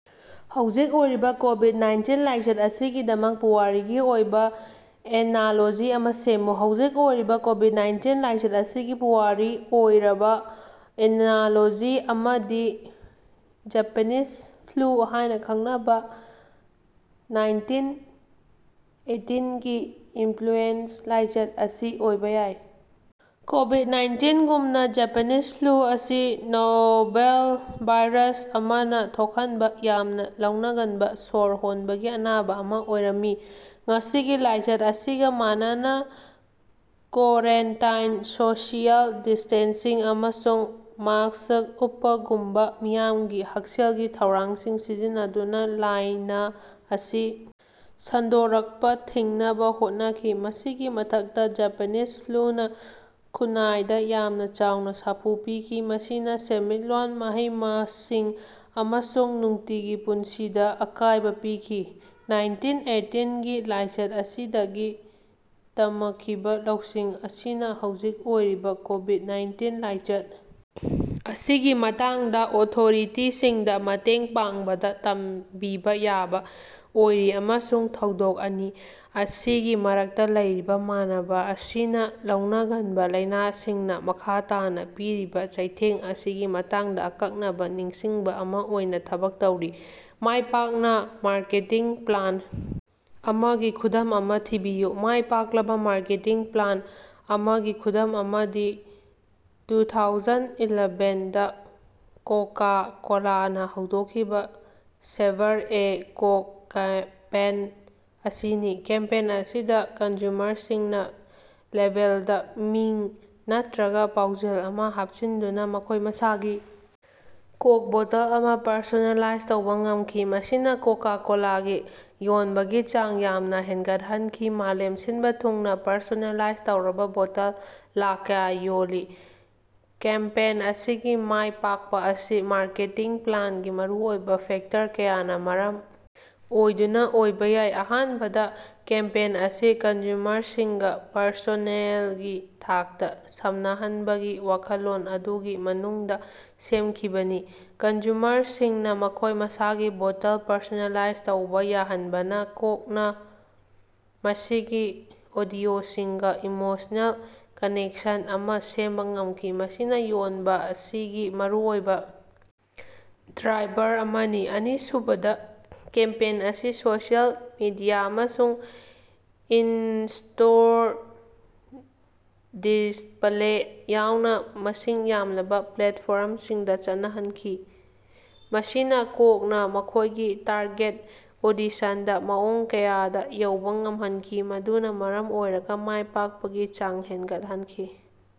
ꯍꯧꯖꯤꯛ ꯑꯣꯏꯔꯤꯕ Covid nineteen ꯂꯥꯏꯆꯠ ꯑꯁꯤꯒꯤꯗꯃꯛ ꯄꯨꯋꯥꯔꯤꯒꯤ ꯑꯣꯏꯕꯥ ꯑꯦꯅꯥꯂꯣꯖꯤ ꯑꯃ ꯁꯦꯝꯃꯨ꯫ ꯍꯧꯖꯤꯛ ꯑꯣꯏꯔꯤꯕꯥ ꯀꯣꯕꯤꯠ ꯅꯥꯏꯟꯇꯤꯟ ꯂꯥꯏꯆꯠ ꯑꯁꯤꯒꯤ ꯄꯨꯋꯥꯔꯤ ꯑꯣꯏꯔꯕ ꯑꯦꯅꯥꯂꯣꯖꯤ ꯑꯃꯗꯤ ꯖꯄꯦꯅꯤꯁ ꯐ꯭ꯂꯨ ꯍꯥꯏꯅ ꯈꯪꯅꯕꯥ ꯅꯥꯏꯟꯇꯤꯟ ꯑꯦꯠꯇꯤꯟ ꯒꯤ ꯏꯟꯐ꯭ꯂꯨꯑꯦꯟꯁ ꯂꯥꯏꯆꯠ ꯑꯁꯤ ꯑꯣꯏꯕꯥ ꯌꯥꯏ꯫ ꯀꯣꯕꯤꯠ ꯅꯥꯏꯟꯇꯤꯟ ꯒꯨꯝꯅꯥ ꯖꯄꯦꯅꯤꯁ ꯐ꯭ꯂꯨ ꯑꯁꯤ ꯅꯣꯚꯦꯜ ꯚꯥꯏꯔꯁ ꯑꯃꯥꯅꯥ ꯊꯣꯛꯍꯟꯕꯥ ꯌꯥꯝꯅꯥ ꯂꯧꯅꯒꯟꯕꯥ ꯁꯣꯔ ꯍꯣꯟꯕꯒꯤ ꯑꯅꯥꯕꯥ ꯑꯃꯥ ꯑꯣꯏꯔꯝꯃꯤ꯫ ꯉꯁꯤꯒꯤ ꯂꯥꯏꯆꯠ ꯑꯁꯤꯒꯥ ꯃꯥꯟꯅꯅꯥ ꯀꯣꯔꯦꯟꯇꯥꯏꯟ ꯁꯣꯁꯤꯌꯦꯜ ꯗꯤꯁ꯭ꯇꯦꯟꯁꯤꯡ ꯑꯃꯁꯨꯡ ꯃꯥꯁꯛ ꯎꯞꯄꯒꯨꯝꯕꯥ ꯃꯤꯌꯥꯝꯒꯤ ꯍꯛꯁꯦꯜꯒꯤ ꯊꯧꯔꯥꯡꯁꯤꯡ ꯁꯤꯖꯤꯟꯅꯗꯨꯅꯥ ꯂꯥꯏꯅꯥ ꯑꯁꯤ ꯁꯟꯗꯣꯔꯛꯄꯥ ꯊꯤꯡꯅꯕꯥ ꯍꯣꯠꯅꯈꯤ꯫ ꯃꯁꯤꯒꯤ ꯃꯊꯛꯇꯥ ꯖꯄꯦꯅꯤꯁ ꯐ꯭ꯂꯨꯅꯥ ꯈꯨꯟꯅꯥꯏꯗꯥ ꯌꯥꯝꯅꯥ ꯆꯥꯎꯅꯥ ꯁꯥꯐꯨ ꯄꯤꯈꯤ ꯃꯁꯤꯅꯥ ꯁꯦꯟꯃꯤꯠꯂꯣꯟ ꯃꯍꯩ-ꯃꯁꯤꯡ ꯑꯃꯁꯨꯡ ꯅꯨꯡꯇꯤꯒꯤ ꯄꯨꯟꯁꯤꯗꯥ ꯑꯀꯥꯏꯕꯥ ꯄꯤꯈꯤ꯫ ꯅꯥꯏꯟꯇꯤꯟ ꯑꯦꯠꯇꯤꯟ ꯒꯤ ꯂꯥꯏꯆꯠ ꯑꯁꯤꯗꯒꯤ ꯇꯃꯈꯤꯕꯥ ꯂꯧꯁꯤꯡ ꯑꯁꯤꯅꯥ ꯍꯧꯖꯤꯛ ꯑꯣꯏꯔꯤꯕꯥ ꯀꯣꯕꯤꯠ ꯅꯥꯏꯟꯇꯤꯟ ꯂꯥꯏꯆꯠ ꯑꯁꯤꯒꯤ ꯃꯇꯥꯡꯗꯥ ꯑꯣꯊꯣꯔꯤꯇꯤꯁꯤꯡꯗꯥ ꯃꯇꯦꯡ ꯄꯥꯡꯕꯗ ꯇꯝꯕꯤꯕꯥ ꯌꯥꯕꯥ ꯑꯣꯏꯔꯤ ꯑꯃꯁꯨꯡ ꯊꯧꯗꯣꯛ ꯑꯅꯤ ꯑꯁꯤꯒꯤ ꯃꯔꯛꯇꯥ ꯂꯩꯔꯤꯕ ꯃꯥꯟꯅꯕ ꯑꯁꯤꯅꯥ ꯂꯧꯅꯒꯟꯕ ꯂꯩꯅꯥꯁꯤꯡꯅꯥ ꯃꯈꯥ ꯇꯥꯅꯥ ꯄꯤꯔꯤꯕꯥ ꯆꯩꯊꯦꯡ ꯑꯁꯤꯒꯤ ꯃꯇꯥꯡꯗꯥ ꯑꯀꯛꯅꯕꯥ ꯅꯤꯡꯁꯤꯡꯕꯥ ꯑꯃꯥ ꯑꯣꯏꯅ ꯊꯕꯛ ꯇꯧꯔꯤ꯫ ꯃꯥꯏꯄꯥꯛꯅꯥ ꯃꯥꯔꯀꯦꯇꯤꯡ ꯄ꯭ꯂꯥꯟ ꯑꯃꯒꯤ ꯈꯨꯗꯝ ꯑꯃ ꯊꯤꯕꯤꯌꯨ꯫ ꯃꯥꯏ ꯄꯥꯛꯂꯕꯥ ꯃꯥꯔꯀꯦꯇꯤꯡ ꯄ꯭ꯂꯥꯟ ꯑꯃꯥꯒꯤ ꯈꯨꯗꯝ ꯑꯃꯥꯗꯤ ꯇꯨꯊꯥꯎꯖꯟ ꯏꯂꯥꯕꯦꯟ ꯗꯥ ꯀꯣꯀꯥ ꯀꯣꯂꯥꯅ ꯍꯧꯗꯣꯛꯈꯤꯕ ꯁꯦꯕꯔ ꯑꯦ ꯀꯣꯛ ꯀꯦꯝꯄꯦꯟ ꯑꯁꯤꯅꯤ ꯀꯦꯝꯄꯦꯟ ꯑꯁꯤꯗ ꯀꯟꯖꯨꯃꯔꯁꯤꯡꯅ ꯂꯦꯕꯦꯜꯗ ꯃꯤꯡ ꯅꯠꯇ꯭ꯔꯥꯒ ꯄꯥꯎꯖꯦꯜ ꯑꯃ ꯍꯥꯞꯆꯤꯟꯗꯨꯅ ꯃꯈꯣꯏ ꯃꯁꯥꯒꯤ ꯀꯣꯛ ꯕꯣꯇꯜ ꯑꯃ ꯄꯔꯁꯣꯅꯦꯂꯥꯏꯖ ꯇꯧꯕ ꯉꯝꯈꯤ꯫ ꯃꯁꯤꯅ ꯀꯣꯀꯥ ꯀꯣꯂꯥꯒꯤ ꯌꯣꯟꯕꯒꯤ ꯆꯥꯡ ꯌꯥꯝꯅ ꯍꯦꯟꯒꯠꯍꯟꯈꯤ ꯃꯥꯂꯦꯝ ꯁꯤꯟꯕ ꯊꯨꯡꯅ ꯄꯔꯁꯣꯅꯦꯂꯥꯏꯖ ꯇꯧꯔꯕ ꯕꯣꯇꯜ ꯂꯥꯛ ꯀꯌꯥ ꯌꯣꯜꯂꯤ꯫ ꯀꯦꯝꯄꯦꯟ ꯑꯁꯤꯒꯤ ꯃꯥꯏ ꯄꯥꯛꯄ ꯑꯁꯤ ꯃꯥꯔꯀꯦꯇꯤꯡ ꯄ꯭ꯂꯥꯟꯒꯤ ꯃꯔꯨꯑꯣꯏꯕ ꯐꯦꯛꯇꯔ ꯀꯌꯥꯅ ꯃꯔꯝ ꯑꯣꯏꯗꯨꯅ ꯑꯣꯏꯕ ꯌꯥꯏ꯫ ꯑꯍꯥꯟꯕꯗ ꯀꯦꯝꯄꯦꯟ ꯑꯁꯤ ꯀꯟꯖꯨꯃꯔꯁꯤꯡꯒ ꯄꯔꯁꯣꯅꯦꯜꯒꯤ ꯊꯥꯛꯇ ꯁꯝꯅꯍꯟꯕꯒꯤ ꯋꯥꯈꯜꯂꯣꯟ ꯑꯗꯨꯒꯤ ꯃꯅꯨꯡꯗ ꯁꯦꯝꯈꯤꯕꯅꯤ꯫ ꯀꯟꯖꯨꯃꯔꯁꯤꯡꯅ ꯃꯈꯣꯏ ꯃꯁꯥꯒꯤ ꯕꯣꯇꯜ ꯄꯔꯁꯣꯅꯦꯂꯥꯏꯖ ꯇꯧꯕ ꯌꯥꯍꯟꯕꯅ ꯀꯣꯛꯅ ꯃꯁꯤꯒꯤ ꯑꯣꯗꯤꯑꯣꯁꯤꯡꯒ ꯏꯃꯣꯁꯅꯦꯜ ꯀꯅꯦꯛꯁꯟ ꯑꯃꯥ ꯁꯦꯝꯕꯥ ꯉꯝꯈꯤ ꯃꯁꯤꯅ ꯌꯣꯟꯕ ꯑꯁꯤꯒꯤ ꯃꯔꯨꯑꯣꯏꯕ ꯗ꯭ꯔꯥꯏꯕꯔ ꯑꯃꯅꯤ꯫ ꯑꯅꯤꯁꯨꯕꯗ ꯀꯦꯝꯄꯦꯟ ꯑꯁꯤ ꯁꯣꯁꯤꯑꯦꯜ ꯃꯦꯗꯤꯌ ꯑꯃꯁꯨꯡ ꯏꯟꯁꯇꯣꯔ ꯗꯤꯁꯄꯂꯦ ꯌꯥꯎꯅ ꯃꯁꯤꯡ ꯌꯥꯝꯂꯕ ꯄ꯭ꯂꯦꯠꯐꯣꯔꯝꯁꯤꯡꯗ ꯆꯠꯅꯍꯟꯈꯤ꯫ ꯃꯁꯤꯅ ꯀꯣꯛꯅ ꯃꯈꯣꯏꯒꯤ ꯇꯥꯔꯒꯦꯠ ꯑꯣꯗꯤꯁꯟꯗ ꯃꯑꯣꯡ ꯀꯌꯥꯗ ꯌꯧꯕ ꯉꯝꯍꯟꯈꯤ ꯃꯗꯨꯅ ꯃꯔꯝ ꯑꯣꯏꯔꯒ ꯃꯥꯏꯄꯥꯛꯄꯒꯤ ꯆꯥꯡ ꯍꯦꯟꯒꯠꯍꯟꯈꯤ꯫